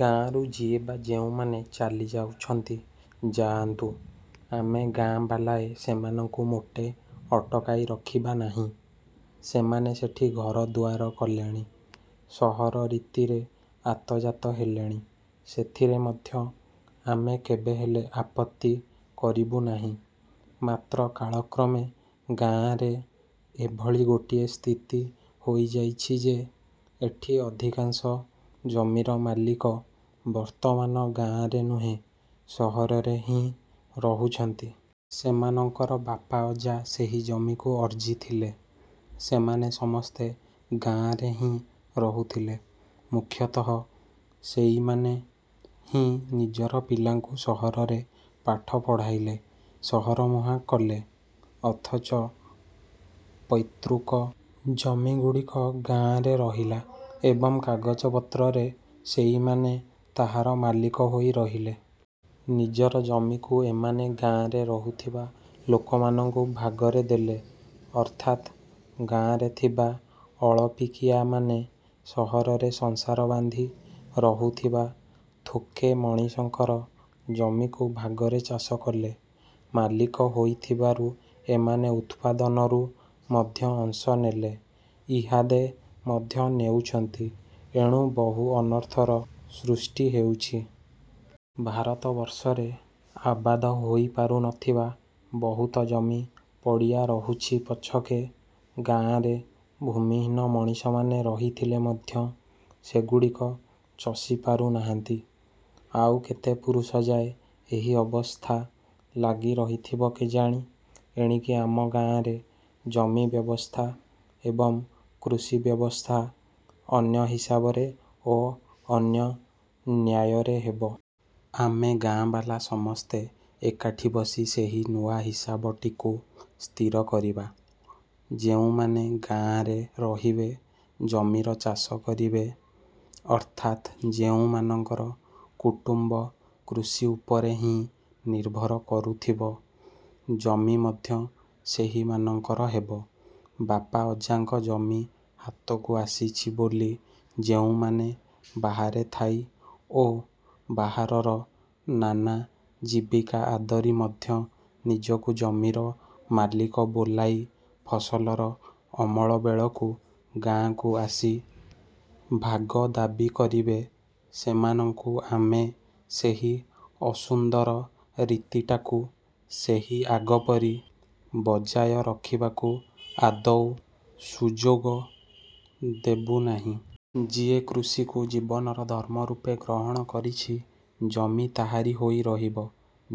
ଗାଆଁରୁ ଯିଏ ବା ଯେଉଁମାନେ ଚାଲି ଯାଉଛନ୍ତି ଯାଆନ୍ତୁ। ଆମେ ଗାଆଁବାଲାଏ ସେମାନଙ୍କୁ ମୋଟେ ଅଟକାଇ ରଖିବା ନାହିଁ। ସେମାନେ ସେଠି ଘରଦୁଆର କଲେଣି, ସହର ରୀତିରେ ଆତଯାତ ହେଲେଣି। ସେଥିରେ ମଧ୍ୟ ଆମେ କେବେହେଲେ, ଆପତ୍ତି କରିବୁ ନାହିଁ। ମାତ୍ର କାଳକ୍ରମେ ଗାଆଁରେ ଏଭଳି ଗୋଟିଏ ସ୍ଥିତି ହୋଇଯାଇଛି ଯେ, ଏଠି ଅଧିକାଂଶ ଜମିର ମାଲିକ ବର୍ତ୍ତମାନ ଗାଆଁରେ ନୁହେଁ, ସହରରେ ହିଁ ରହୁଛନ୍ତି। ସେମାନଙ୍କର ବାପା ଅଜା ସେହି ଜମିକୁ ଅର୍ଜିଥିଲେ; ସେମାନେ ସମସ୍ତେ ଗାଆଁରେ ହିଁ ରହୁଥିଲେ। ମୁଖ୍ୟତଃ ସେଇମାନେ ହିଁ ନିଜର ପିଲାଙ୍କୁ ସହରରେ ପାଠ ପଢ଼ାଇଲେ, ସହରମୁହାଁ କଲେ। ଅଥଚ ପୈତୃକ ଜମିଗୁଡ଼ିକ ଗାଆଁରେ ରହିଲା ଏବଂ କାଗଜପତ୍ରରେ ସେଇମାନେ ତାହାର ମାଲିକ ହୋଇ ରହିଲେ। ନିଜର ଜମିକୁ ଏମାନେ ଗାଆଁରେ ରହୁଥିବା ଲୋକମାନଙ୍କୁ ଭାଗରେ ଦେଲେ। ଅର୍ଥାତ୍, ଗାଆଁରେ ଥିବା ଅଳପିକିଆମାନେ ସହରରେ ସଂସାର ବାନ୍ଧି ରହୁଥିବା ଥୋକେ ମଣିଷଙ୍କର ଜମିକୁ ଭାଗରେ ଚାଷ କଲେ। ମାଲିକ ହୋଇଥିବାରୁ ଏମାନେ ଉତ୍ପାଦନରୁ ମଧ୍ୟ ଅଂଶ ନେଲେ,- ଇହାଦେ ମଧ୍ୟ ନେଉଛନ୍ତି। ଏଣୁ ବହୁ ଅନର୍ଥର ସୃଷ୍ଟି ହେଉଛି। ଭାରତବର୍ଷରେ ଆବାଦ ହୋଇ ପାରୁନଥିବା ବହୁତ ଜମି ପଡ଼ିଆ ରହୁଛି ପଛକେ, ଗାଆଁରେ ଭୂମିହୀନ ମଣିଷମାନେ ରହିଥିଲେ ମଧ୍ୟ ସେଗୁଡ଼ିକ ଚଷି ପାରୁନାହାନ୍ତି। ଆଉ କେତେ ପୁରୁଷଯାଏ ଏହି ଅବସ୍ଥା ଲାଗି ରହିଥିବ କେଜାଣି? ଏଣିକି ଆମ ଗାଆଁରେ ଜମି ବ୍ୟବସ୍ଥା ଏବଂ କୃଷି ବ୍ୟବସ୍ଥା ଅନ୍ୟ ହିସାବରେ ଓ ଅନ୍ୟ ନ୍ୟାୟରେ ହେବ। ଆମେ ଗାଆଁବାଲା ସମସ୍ତେ ଏକାଠି ବସି ସେହି ନୂଆ ହିସାବଟିକୁ ସ୍ଥିର କରିବା-। ଯେଉଁମାନେ ଗାଆଁରେ ରହିବେ, ଜମିର ଚାଷ କରିବେ, ଅର୍ଥାତ୍ ଯେଉଁମାନଙ୍କର କୁଟୁମ୍ବ କୃଷି ଉପରେ ହିଁ ନିର୍ଭର କରୁଥିବ, ଜମି ମଧ୍ୟ ସେହିମାନଙ୍କର ହେବ। ବାପା ଅଜାଙ୍କ ଜମି ହାତକୁ ଆସିଛି ବୋଲି ଯେଉଁମାନେ ବାହାରେ ଥାଇ ଓ ବାହାରର ନାନା ଜୀବିକା ଆଦରି ମଧ୍ୟ ନିଜକୁ ଜମିର ମାଲିକ ବୋଲାଇ ଫସଲର ଅମଳ ବେଳକୁ ଗାଆଁକୁ ଆସି ଭାଗ ଦାବି କରିବେ, ସେମାନଙ୍କୁ ଆମେ ସେହି ଅସୁନ୍ଦର ରୀତିଟାକୁ ସେହି ଆଗପରି ବଜାୟ ରଖିବାକୁ ଆଦୌ ସୁଯୋଗ ଦେବୁ ନାହିଁ। ଯିଏ କୃଷିକୁ ଜୀବନର ଧର୍ମ ରୂପେ ଗ୍ରହଣ କରିଛି, ଜମି ତାହାରି ହୋଇ ରହିବ।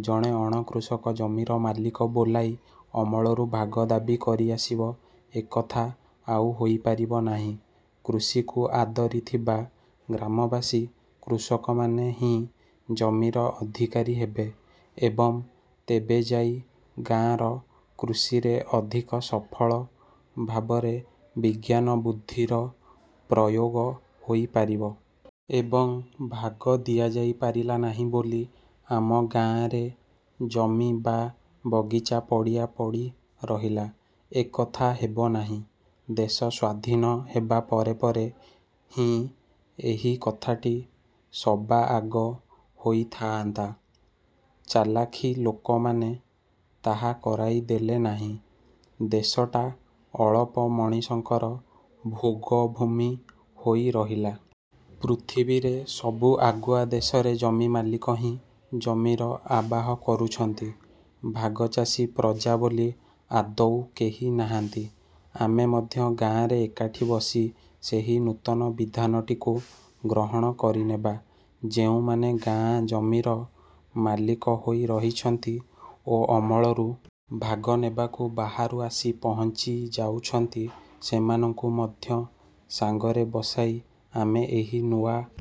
ଜଣେ ଅଣକୃଷକ ଜମିର ମାଲିକ ବୋଲାଇ ଅମଳରୁ ଭାଗ ଦାବି କରିଆସିବ, ଏକଥା ଆଉ ହୋଇପାରିବ ନାହିଁ। କୃଷିକୁ ଆଦରି ଥିବା ଗ୍ରାମବାସୀ କୃଷକମାନେ ହିଁ ଜମିର ଅଧିକାରୀ ହେବେ ଏବଂ ତେବେଯାଇ ଗାଁର କୃଷିରେ ଅଧିକ ସଫଳ ଭାବରେ ବିଜ୍ଞାନବୁଦ୍ଧିର ପ୍ରୟୋଗ ହୋଇପାରିବ,। ଏବଂ ଭାଗ ଦିଆଯାଇ ପାରିଲା ନାହିଁ ବୋଲି ଆମ ଗାଆଁରେ ଜମି ବା ବଗିଚା ପଡ଼ିଆ ପଡ଼ି ରହିଲା, ଏକଥା ହେବନାହିଁ। ଦେଶ ସ୍ଵାଧୀନ ହେବା ପରେ ପରେ ହିଁ ଏହି କଥାଟି ସବାଆଗ ହୋଇଥାଆନ୍ତା। ଚଲାଖି ଲୋକମାନେ ତାହା କରାଇ ଦେଲେନାହିଁ। ଦେଶଟା ଅଳପ ମଣିଷଙ୍କର ଭୋଗଭୂମି ହୋଇ ରହିଲା। ପୃଥିବୀରେ, ସବୁ ଆଗୁଆ ଦେଶରେ ଜମିମାଲିକ ହିଁ ଜମିର ଆବାହ କରୁଛନ୍ତି- ଭାଗଚାଷୀ ପ୍ରଜା ବୋଲି ଆଦୌ କେହି ନାହାନ୍ତି। ଆମେ ମଧ୍ୟ ଗାଆଁରେ ଏକାଠି ବସି ସେହି ନୂତନ ବିଧାନଟିକୁ ଗ୍ରହଣ କରିନେବା। ଯେଉଁମାନେ ଗାଆଁ ଜମିର ମାଲିକ ହୋଇ ରହିଛନ୍ତି ଓ ଅମଳରୁ ଭାଗ ନେବାକୁ ବାହାରୁ ଆସି ପହଞ୍ଚି ଯାଉଛନ୍ତି, ସେମାନଙ୍କୁ ମଧ୍ୟ ସାଙ୍ଗରେ ବସାଇ ଆମେ ଏହି ନୂଆ